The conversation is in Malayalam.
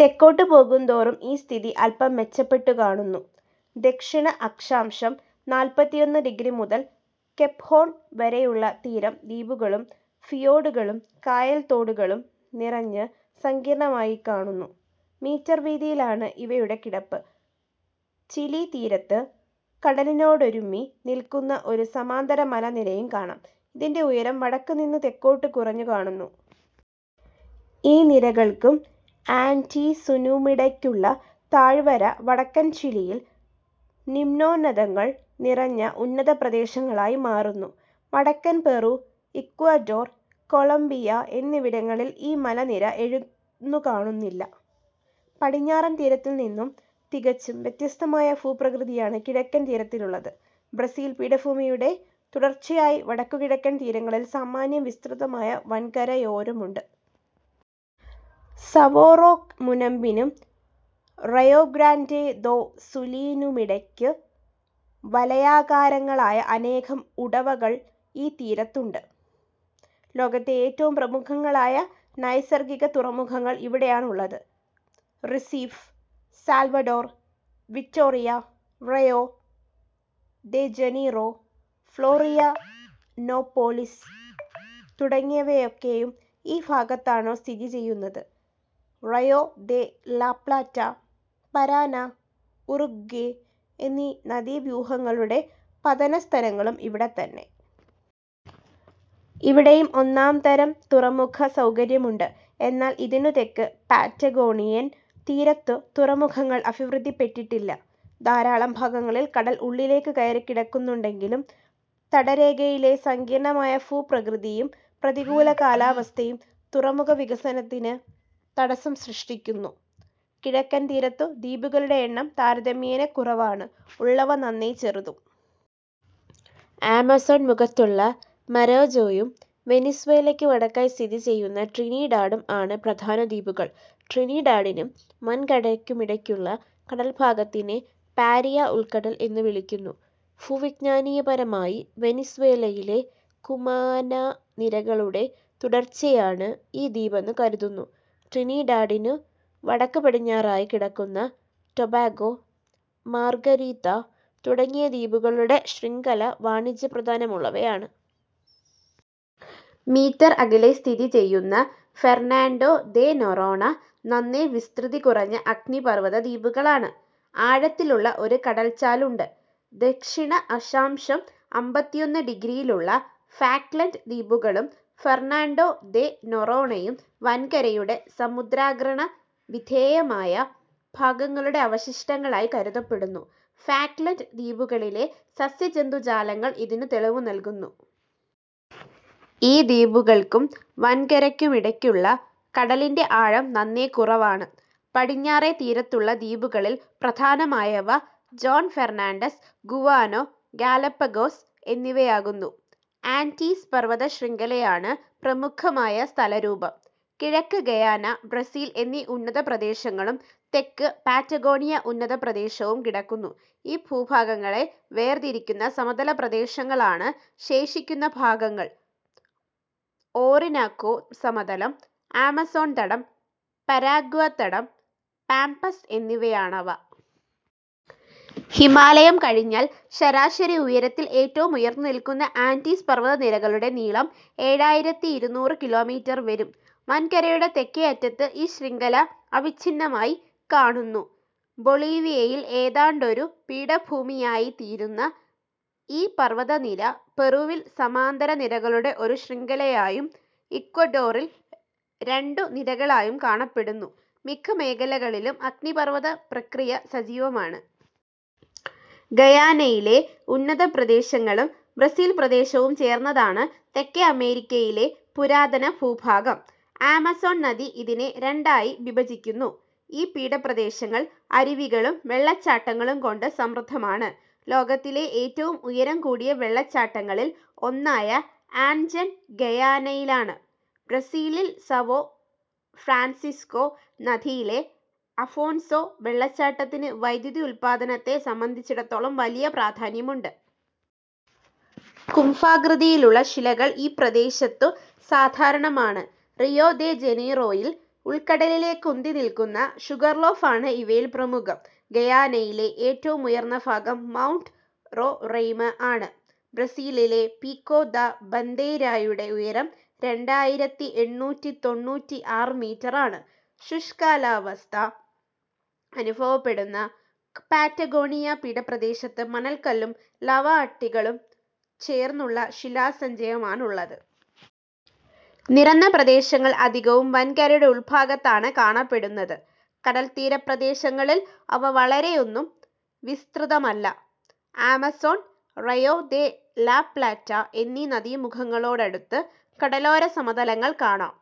തെക്കോട്ടു പോകുന്തോറും ഈ സ്ഥിതി അല്പം മെച്ചപ്പെട്ടു കാണുന്നു. ദക്ഷിണഅക്ഷാംശം നാൽപത്തിയൊന്ന് ഡിഗ്രി മുതൽ കേപ്ഹോൺ വരെയുള്ള തീരം ദ്വീപുകളും ഫിയോഡുകളും, കായൽ തോടുകളും നിറഞ്ഞ് സങ്കീർണമായിക്കാണുന്നു. മീറ്റർ വിതീയിലാണ് ഇവയുടെ കിടപ്പ്. ചിലി തീരത്ത് കടലിനോടുരുമ്മി നിൽക്കുന്ന ഒരു സമാന്തര മലനിരയും കാണാം. ഇതിന്റെ ഉയരം വടക്ക് നിന്നു തെക്കോട്ടു കുറഞ്ഞുകാണുന്നു. ഈ നിരകൾക്കും ആൻഡീസുനുമിടയ്ക്കുള്ള താഴ്‌വര വടക്കൻ ചിലിയിൽ നിമ്നോന്നതങ്ങൾ നിറഞ്ഞ ഉന്നതപ്രദേശങ്ങളായി മാറുന്നു. വടക്കൻ പെറു, ഇക്വഡോർ, കൊളംബിയ എന്നിവിടങ്ങളിൽ ഈ മലനിര എഴുന്നുകാണുന്നില്ല. പടിഞ്ഞാറൻ തീരത്തിൽനിന്നും തികച്ചും വ്യത്യസ്തമായ ഭൂപ്രകൃതിയാണ് കിഴക്കൻ തീരത്തിലുള്ളത്. ബ്രസീൽ പീഠഭൂമിയുടെ തുടർച്ചയായി വടക്കുകിഴക്കൻ തീരങ്ങളിൽ സാമാന്യം വിസ്തൃതമായ വൻകരയോരമുണ്ട്. സവോറോക് മുനമ്പിനും റയോഗ്രാന്റേദോസുലിനുമിടയ്ക്കു വലയാകാരങ്ങളായ അനേകം ഉടവകൾ ഈ തീരത്തുണ്ട്. ലോകത്തെ ഏറ്റവും പ്രമുഖങ്ങളായ നൈസർഗിക തുറമുഖങ്ങൾ ഇവിടെയാണുള്ളത്. Recife, Salvador, Vitoria, Rio de Janeiro, Florianopolis തുടങ്ങിയവയൊക്കെയും ഈ ഭാഗത്താണു സ്ഥിതിചെയ്യുന്നത്. Rio de la Plata, Parana, Uruguay എന്നീ നദീവ്യൂഹങ്ങളുടെ പതനസ്ഥാനങ്ങളും ഇവിടെ തന്നെ. ഇവിടെയും ഒന്നാംതരം തുറമുഖ സൗകര്യം ഉണ്ട്. എന്നാൽ ഇതിനു തെക്ക് പാറ്റഗോണിയൻ തീരത്തു തുറമുഖങ്ങൾ അഭിവൃദ്ധിപ്പെട്ടിട്ടില്ല. ധാരാളം ഭാഗങ്ങളിൽ കടൽ ഉള്ളിലേക്കു കയറിക്കിടക്കുന്നുണ്ടെങ്കിലും തടരേഖയിലെ സങ്കീർണമായ ഭൂപ്രകൃതിയും പ്രതികൂല കാലാവസ്ഥയും തുറമുഖവികസനത്തിനു തടസ്സം സൃഷ്ടിക്കുന്നു. കിഴക്കൻ തീരത്തു ദ്വീപുകളുടെ എണ്ണം താരതമ്യേന കുറവാണ്. ഉള്ളവ നന്നെ ചെറുതും. ആമസോൺ മുഖത്തുള്ള മരാജോയും വെനിസ്വേലക്കു വടക്കായി സ്ഥിതിചെയ്യുന്ന ട്രിനിഡാഡും ആണ് പ്രധാനദ്വീപുകൾ. ട്രിനിഡാഡിനും വൻകരക്കുമിടക്കുള്ള കടൽഭാഗത്തിനെ പാരിയാ ഉൾക്കടൽ എന്നു വിളിക്കുന്നു. ഭൂവിജ്ഞാനീയപരമായി വെനിസ്വേലയിലെ കുമാനാനിരകളുടെ തുടർച്ചയാണ് ഈ ദ്വീപെന്നു കരുതുന്നു. ട്രിനിഡാഡിനു വടക്ക് പടിഞ്ഞാറായി കിടക്കുന്ന ടോബാഗോ, മാർഗരീതാ തുടങ്ങിയ ദ്വീപുകളുടെ ശൃംഖല വാണിജ്യപ്രാധാന്യമുള്ളവയാണ്. മീറ്റർ അകലെ സ്ഥിതിചെയ്യുന്ന ഫെർണാണ്ടോ ദെ നൊറോണ നന്നേ വിസ്തൃതി കുറഞ്ഞ അഗ്നിപർവതദ്വീപുകളാണ്. ആഴത്തിലുള്ള ഒരു കടൽച്ചാലുണ്ട്. ദക്ഷിണഅക്ഷാംശം അമ്പത്തിയൊന്ന് ഡിഗ്രിയിലുള്ള ഫാക്ലൻഡ് ദ്വീപുകളും ഫർണാണ്ടോ ദേ നൊറോണയും വൻകരയുടെ സമുദ്രാക്രണവിധേയമായ ഭാഗങ്ങളുടെ അവശിഷ്ടങ്ങളായി കരുതപ്പെടുന്നു. ഫാക്ലൻഡ് ദ്വീപുകളിലെ സസ്യജന്തുജാലങ്ങൾ ഇതിനു തെളിവു നൽകുന്നു. ഈ ദ്വീപുകൾക്കും വൻകരക്കുമിടക്കുള്ള കടലിന്റെ ആഴം നന്നേ കുറവാണ്. പടിഞ്ഞാറേ തീരത്തുള്ള ദ്വീപുകളിൽ പ്രധാനമായവ ജോൻ ഫെർണാണ്ടസ്, ഗുവാനോ, ഗാലപഗോസ് എന്നിവയാകുന്നു. ആൻഡീസ് പർവതശൃംഖലയാണ് പ്രമുഖമായ സ്ഥലരൂപം. കിഴക്ക് ഗയാന, ബ്രസീൽ എന്നീ ഉന്നതപ്രദേശങ്ങളും തെക്ക് പാറ്റഗോണിയ ഉന്നതപ്രദേശവും കിടക്കുന്നു. ഈ ഭൂഭാഗങ്ങളെ വേർതിരിക്കുന്ന സമതലപ്രദേശങ്ങളാണ് ശേഷിക്കുന്ന ഭാഗങ്ങൾ ഓറിനാക്കോ സമതലം, ആമസോൺതടം, പരാഗ്വേതടം, പാംപസ് എന്നിവയാണവ. ഹിമാലയം കഴിഞ്ഞാൽ ശരാശരി ഉയരത്തിൽ ഏറ്റവും ഉയർന്നുനിൽക്കുന്ന ആൻഡീസ് പർവതനിരകളുടെ നീളം ഏഴായിരത്തിഇരുനൂറ് കിലോമീറ്റർ വരും. വൻകരയുടെ തെക്കേ അറ്റത്ത് ഈ ശൃംഖല അവിച്ഛിന്നമായി കാണുന്നു. ബൊളീവിയയിൽ ഏതാണ്ടൊരു പീഠഭൂമിയായിത്തീരുന്ന ഈ പർവതനിര പെറുവിൽ സമാന്തരനിരകളുടെ ഒരു ശൃംഖലയായും ഇക്വഡോറിൽ രണ്ടു നിരകളായും കാണപ്പെടുന്നു. മിക്ക മേഖലകളിലും അഗ്നിപർവതപ്രക്രിയ സജീവമാണ്. ഗയാനയിലെ ഉന്നതപ്രദേശങ്ങളും ബ്രസീൽ പ്രദേശവും ചേർന്നതാണ് തെക്കേ അമേരിക്കയിലെ പുരാതനഭൂഭാഗം. ആമസോൺ നദി ഇതിനെ രണ്ടായി വിഭജിക്കുന്നു. ഈ പീഠപ്രദേശങ്ങൾ അരുവികളും വെള്ളച്ചാട്ടങ്ങളും കൊണ്ട് സമൃദ്ധമാണ്. ലോകത്തിലെ ഏറ്റവും ഉയരംകൂടിയ വെള്ളച്ചാട്ടങ്ങളിൽ ഒന്നായ ആൻജെൻ ഗയാനയിലാണ്. ബ്രസീലിൽ സവോ ഫ്രാൻസിസ്കോ നദിയിലെ അഫോൻസോ വെള്ളച്ചാട്ടത്തിന് വൈദ്യുതി ഉൽപാദനത്തെ സംബന്ധിച്ചിടത്തോളം വലിയ പ്രാധാന്യമുണ്ട്. കുംഭാകൃതിയിലുള്ള ശിലകൾ ഈ പ്രദേശത്തു സാധാരണമാണ്. റിയോ ദെ ജനീറോയിൽ ഉൾക്കടലിലേക്കുന്തിനിൽക്കുന്ന ഷുഗർലോഫ് ആണ് ഇവയിൽ പ്രമുഖം. ഗയാനയിലെ ഏറ്റവും ഉയർന്ന ഭാഗം മൗണ്ട് റൊറെയ്മ ആണ്. ബ്രസീലിലെ പികോ ദാ ബന്ദെയ്രായുടെ ഉയരം രണ്ടായിരത്തിഎണ്ണൂറ്റിതൊണ്ണൂറ്റിആറ് മീറ്റർ ആണ്. ശുഷ്കകാലാവസ്ഥ അനുഭവപ്പെടുന്ന പാറ്റഗോണിയ പീഠപ്രദേശത്ത് മണൽക്കല്ലും ലാവാ അട്ടികളും ചേർന്നുള്ള ശിലാസഞ്ചയമാണുള്ളത്. നിരന്നപ്രദേശങ്ങൾ അധികവും വൻകരയുടെ ഉൾഭാഗത്താണ് കാണപ്പെടുന്നത്. കടൽത്തീരപ്രദേശങ്ങളിൽ അവ വളരെയൊന്നും വിസ്തൃതമല്ല. ആമസോൺ, റയോ ദെ ലാപ്ലാറ്റ എന്നീ നദീമുഖങ്ങളോടടുത്ത് കടലോരസമതലങ്ങൾ കാണാം.